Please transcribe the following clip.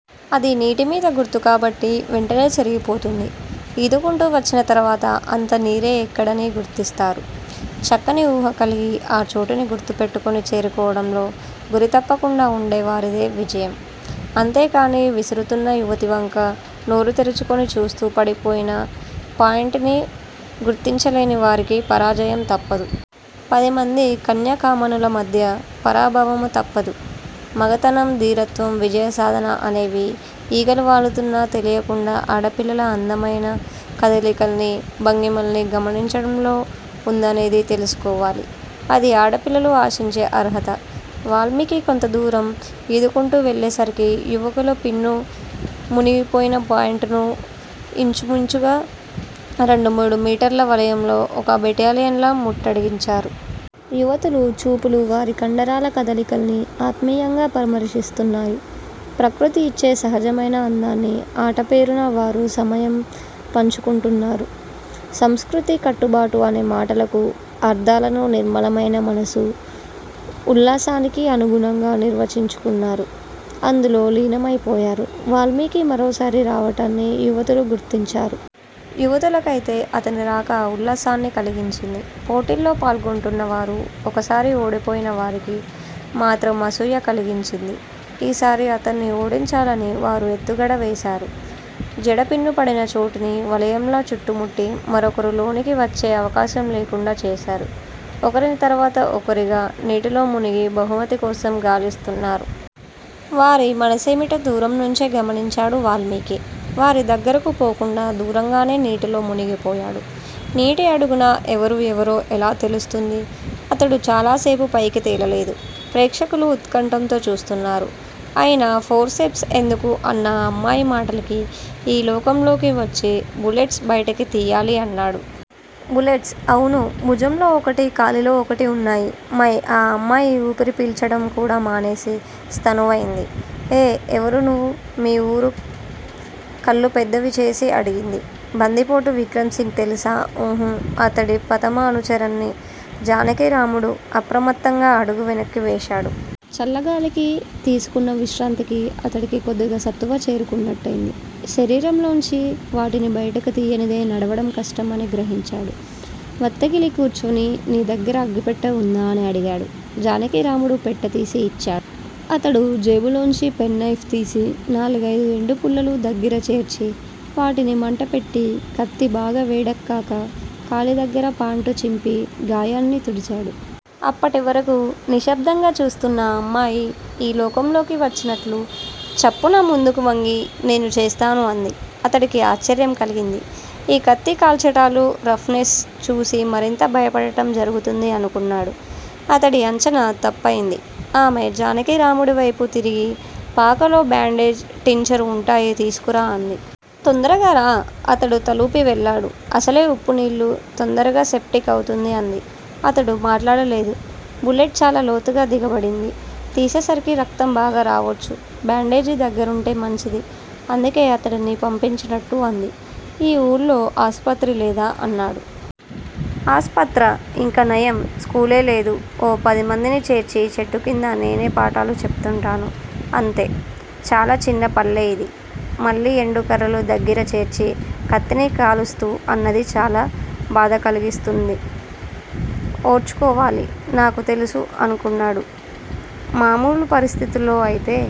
అది నీటి మీద గుర్తు కాబట్టి వెంటనే చెరిగిపోతుంది. ఈదుకుంటూ వచ్చిన తరువాత అంతా నీరే ఎక్కడని గుర్తిస్తారు. చక్కని ఊహ కలిగి ఆ చోటుని గుర్తుపెట్టుకుని చేరుకోవడంలో గురి తప్పకుండా ఉండే వారిదే విజయం. అంతేకాని విసురుతున్న యువతి వంక నోరు తెరుచుకుని చూస్తూ పడిపోయిన పాయింట్ ని గుర్తించలేని వారికి పరాజయం తప్పదు. పది మంది కన్యకామణుల మధ్య పరాభవమూ తప్పదు. మగతనం, ధీరత్వం విజయసాధన అనేవి, ఈగలు వాలుతున్నా తెలియకుండా ఆడపిల్లల అందమయిన కదలికల్ని, భంగిమల్ని గమనించడంలో ఉందనేది తెలుసుకోవాలి! అది ఆడపిల్లలు ఆశించే అర్హత! వాల్మీకి కొంతదూరం ఈదుకుంటూ వెళ్ళేసరికి యువకులు పిన్ను మునిగిపోయిన పాయింట్ ను ఇంచుమించుగా రెండు మూడు మీటర్ల వలయంలో ఒక బెటాలియన్ లా ముట్టడించారు. యువతులు చూపులు వారి కండరాల కదలికల్ని ఆత్మీయంగా పరామర్శిస్తున్నాయి. ప్రకృతి యిచ్చే సహజమైన ఆనందాన్ని ఆట పేరున వారు సమంగా పంచుకుంటున్నారు. సంస్కృతి కట్టుబాటు అనే మాటలకు అర్ధాలను నిర్మలమైన మనసు ఉల్లాసానికి అనుగుణంగా నిర్వచించుకున్నారు. అందులో లీనమయిపోయారు. వాల్మీకి మరోసారి రావడాన్ని యువతులు గుర్తించారు. యువతులకయితే అతని రాక ఉల్లాసాన్ని కలిగించింది. పోటీల్లో పాల్గొంటున్నవారు ఒకసారి ఓడిపోయిన వారికి మాత్రం అసూయ కలిగించింది. ఈసారి అతన్ని ఓడించాలని వారు ఎత్తుగడ వేశారు. జడ పిన్ను పడిన చోటుని వలయంలా చుట్టుముట్టి మరొకరు లోనికి వచ్చే అవకాశం లేకుండా చేశారు. ఒకరి తరువాత ఒకరుగా నీటిలో మునిగి బహుమతి కోసం గాలిస్తున్నారు. వారి మనసేమిటో దూరంనుంచే గమనించాడు వాల్మీకి. వారి దగ్గరకు పోకుండా దూరంగానే నీటిలో మునిగిపోయాడు. నీటి అడుగున ఎవరు ఎవరో ఎలా తెలుస్తుంది. అతడు చాలాసేపు పైకి తేలలేదు. ప్రేక్షకులు ఉత్కంఠతో చూస్తున్నారు. అయినా ఫోర్ సెప్స్ ఎందుకు? అన్న ఆ అమ్మాయి మాటలకి ఈ లోకంలోకి వచ్చి, బులెట్స్ బయటికి తీయాలి అన్నాడు. బులెట్స్? అవును భుజంలో ఒకటి కాలిలో ఒకటి ఉన్నాయి మై ఆ అమ్మాయి వూపిరి పీల్చటం కూడా మానేసి స్థాణువైంది. ఎ ఎవరు నువ్వ్ మీ మీరు కళ్ళు పెద్దవిచేసి అడిగింది. బందిపోటు విక్రమ్ సింగ్ తెలుసా ఊహూ అతడి ప్రథమ అనుచరుణ్ని జానకీరాముడు అప్రయత్నంగా అడుగు వెనక్కి వేశాడు. చల్ల గాలికీ, తీసుకున్న విశ్రాంతికి, అతడికి కొద్దిగా సత్తువ చేకూరినట్టయింది. శరీరంలోంచి వాటిని బయటకు తీయనిదే నడవడం కష్టం అని గ్రహించాడు. వత్తిగిలి కూర్చుని నీ దగ్గిర అగ్గిపెట్టె ఉందా అని అడిగాడు! జానకీరాముడు పెట్టెతీసి ఇచ్చాడు. అతడు జేబులోంచి పెన్ నైఫ్ తీసి, నాలుగైదు ఎండు పుల్లలు దగ్గిర చేర్చి, వాటిని మంట పెట్టి కత్తి బాగా వేడెక్కాక, కాలి దగ్గర పాంటు చింపి గాయాన్ని తుడిచాడు. అప్పటి వరకూ నిశ్శబ్దంగా చూస్తున్న ఆ అమ్మాయి ఈ లోకం లోకి వచ్చినట్లు చప్పున ముందుకు వంగి, నేను చేస్తాను అంది. అతడికి ఆశ్చర్యం కలిగింది. ఈ కత్తి కాల్చటాలూ, రఫ్ నెస్సూ చూసి మరింత భయపడటం జరుగుతుంది అనుకున్నాడు. అతడి అంచనా తప్పయింది. ఆమె జానకిరాముడు వైపు తిరిగి పాకలో బ్యాండేజ్, టించర్ వుంటాయి తీసుకురా అంది. తొందరగా రా! అతడు తలూపి వెళ్లాడు. అసలే ఉప్పునీళ్ళు! తొందరగా సెప్టిక్ అవుతుంది అంది. అతడు మాట్లాడలేదు. బులెట్ చాలా లోతుగా దిగబడింది. తీసేసరికి రక్తం బాగా రావొచ్చు. బ్యాండేజి దగ్గరుంటే మంచిది అందుకే అతడిని పంపించినట్టు అంది. ఈ వూళ్ళో ఆస్పత్రి లేదా? అన్నాడు. ఆస్పత్రా? ఇంకా నయం. స్కూలే లేదు. ఓ పది మందిని చేర్చి చెట్టు క్రింద నేనే పాఠాలు చెప్తూంటాను అంతే. చాలా చిన్న పల్లె ఇది. మళ్ళీ ఎండు కర్రలు దగ్గిర చేర్చి కత్తిని కాలుస్తూ అన్నది చాలా బాధకలిగిస్తుంది, ఓర్చుకోవాలి. నాకు తెలుసు అనుకున్నాడు. మామూలు పరిస్థితుల్లో అయితే